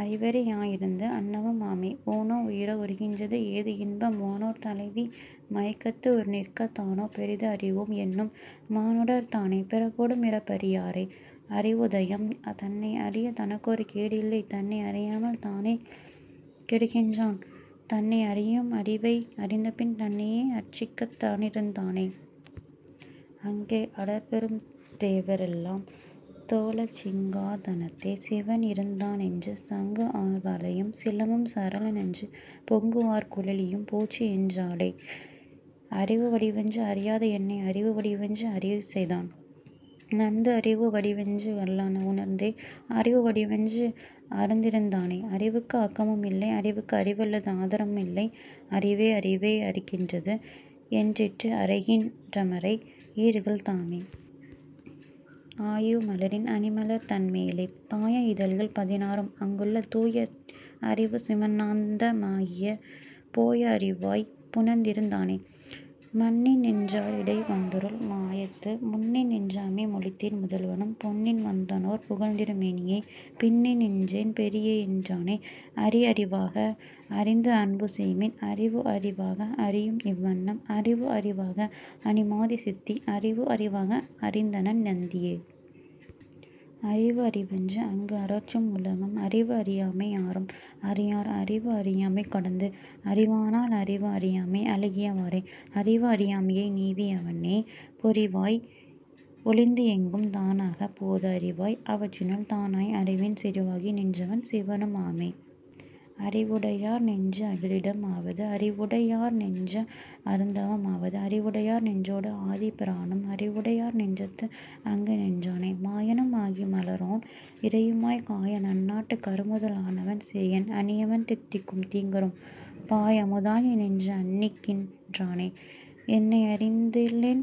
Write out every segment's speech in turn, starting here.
அறிவறி யாஇருந்து அன்னமும் ஆமே. ஊனோ உயிரோ உறுகின்றது ஏதுஇன்பம் வானோர் தலைவி மயக்கத்து உறநிற்கத் தானோ பெரிதுஅறி வோம் என்னும் மானுடர் தானே பிறப்போடு இறப்பறி யாரே.. அறிவுதயம் தன்னை அறியத் தனக்கொரு கேடில்லை தன்னை அறியாமல் தானே கெடுகின்றான் தன்னை அறியும் அறிவை அறிந்தபின் தன்னையே அர்ச்சிக்கத் தானிருந் தானே. அங்கே அடற்பெரும் தேவரெல் லாம்தொழச் சிங்கா தனத்தே சிவன்இருந் தானென்று சங்குஆர் வளையும் சிலம்பும் சரேலெனப் பொங்குஆர் குழலியும் போற்றிஎன் றாளே. அறிவு வடிவென்று அறியாத என்னை அறிவு வடிவென்று அருள்செய்தான் நந்தி அறிவு வடிவென்று அருளால் உணர்ந்தே அறிவு வடிவென்று அருந்திருந் தானே. அறிவுக்கு ஆக்கமும் இல்லை அறிவுக்கு அறிவல்லது ஆதாரம் இல்லை அறிவே அறிவை அறிகின்றது என்றிட்டு அறைகின் றனமறை ஈறுகள் தாமே. ஆயு மலரின் அணிமலர் தன்மேலே பாய இதழ்கள் பதினாறும் அங்குள தூய அறிவு சிவானந்த மாகியே போய அறிவாய்ப் புணர்ந்திருந் தானே. மன்னிநின் றாரிடை வந்தருள் மாயத்து முன்னிநின் றாமை மொழிந்தேன் முதல்வனும் பொன்னின்வந் தானோர் புகழ்திரு மேனியைப் பின்னிநின் றேன்நீ பெரியையென் றானே. அறிவுஅறி வாக அறிந்துஅன்பு செய்மின் அறிவுஅறி வாக அறியும்இவ் வண்ணம் அறிவுஅறி வாக அணிமாதி சித்தி அறிவுஅறி வாக அறிந்தணன் நந்தியே. அறிவுஅறி வென்று அங்கு அரற்றும் உலகம் அறிவுஅறி யாமை யாரும் அறியார் அறிவுஅறி யாமை கடந்துஅறி வானால் அறிவுஅறி யாமை அழகிய வாறே. அறிவுஅறி யாமையை நீவி யவனே பொறிவாய் ஒழிந்துஎங்கும் தானான போது அறிவாய் அவற்றினுள் தானாய் அறிவின் செறிவாகி நின்றவன் சிவனும் ஆமே. அறிவுடை யார்நெஞ்சு அகலிடம் ஆவது அறிவுடை யார்நெஞ்ச அருந்தவம் ஆவது அறிவுடை யார்நெஞ்சொடு ஆதிப் பிரானும் அறிவுடை யார்நெஞ்சத்து அங்குநின் றானே. மாயனும் ஆகி மலரோன் இறையுமாய்க் காயநன் னாட்டுக் கருமுதல் ஆனவன் சேயன் அணியவன் தித்திக்கும் தீங்கரும் பாய்அமு தாகிநின்று அண்ணிக்கின் றானே. என்னை அறிந்திலேன்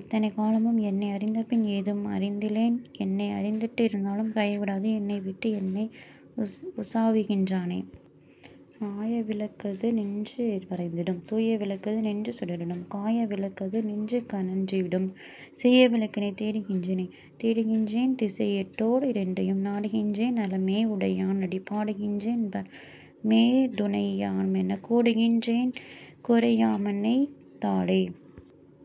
இத்தனை காலமும் என்னை அறிந்தபின் ஏதும் அறிந்திலேன் என்னை அறிந்திட்டு இருத்தலும் கைவிடாது என்னையிட்டு என்னை உசாவுகின் றானே. மாய விளக்கது நின்று மறைந்திடும் தூய விளக்கது நின்று சுடர்விடும் காய விளக்கது நின்று கன்றிடும் சேய விளக்கினைத் தேடுகின் றேனை. தேடுகின் றேன்திசை எட்டோ டு இரண்டையும் நாடுகின் றேன்நல மேஉடை யானடி பாடுகின் றேன்பர மேதுணை யாமெனக் கூடுகின் றேன்குறை யாமனைத் தாலே.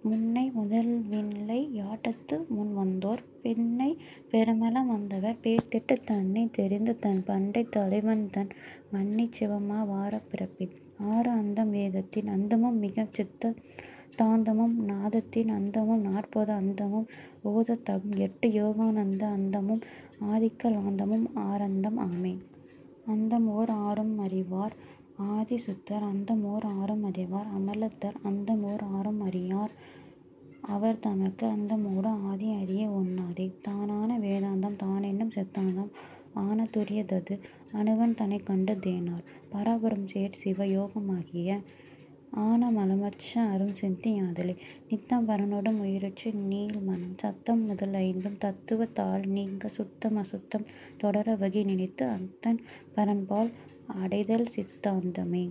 முன்னை முதல்விளை யாட்டத்து முன்வந்தோர் பின்னை பெருமலம் வந்தவர் பேர்த்திட்டுத் தன்னைத் தெரிந்துதன் பண்டைத் தலைவன்தன் மன்னிச் சிவமா வாரா பிறப்பே.. ஆறு அந்தம் வேதத்தின் அந்தமும் மிக்கசித் தாந்தமும் நாதத்தின் அந்தமும் நற்போத அந்தமும் ஓதத் தகும்எட்டு யோகாநந்த அந்தமும் ஆதிக்க லாந்தமும் ஆறந்தம் ஆமே. அந்தம்ஓர் ஆறும் அறிவார் அதிசுத்தர் அந்தம்ஒர் ஆறும் அறிவார் அமலத்தர் அந்தம்ஓர் ஆறும் அறியார் அவர்தமக்கு அந்தமோடு ஆதி அறியஒண் ணாதே. தானான வேதாந்தம் தான்என்னும் சித்தாந்தம் ஆனாத் துரியத்தது அணுவன் தனைக்கண்டு தேனார் பராபரம் சேர்சிவ யோகமாய் ஆனா மலமற்று அரும்சித்தி யாதலே. நித்தம் பரனோடு உயிருற்று நீள்மனம் சத்தம் முதல்ஐந்தும் தத்துவத் தால்நீங்கச் சுத்தம் அசுத்தம் தொடரா வகைநினைந்து அத்தன் பரன்பால் அடைதல்சித் தாந்தமே.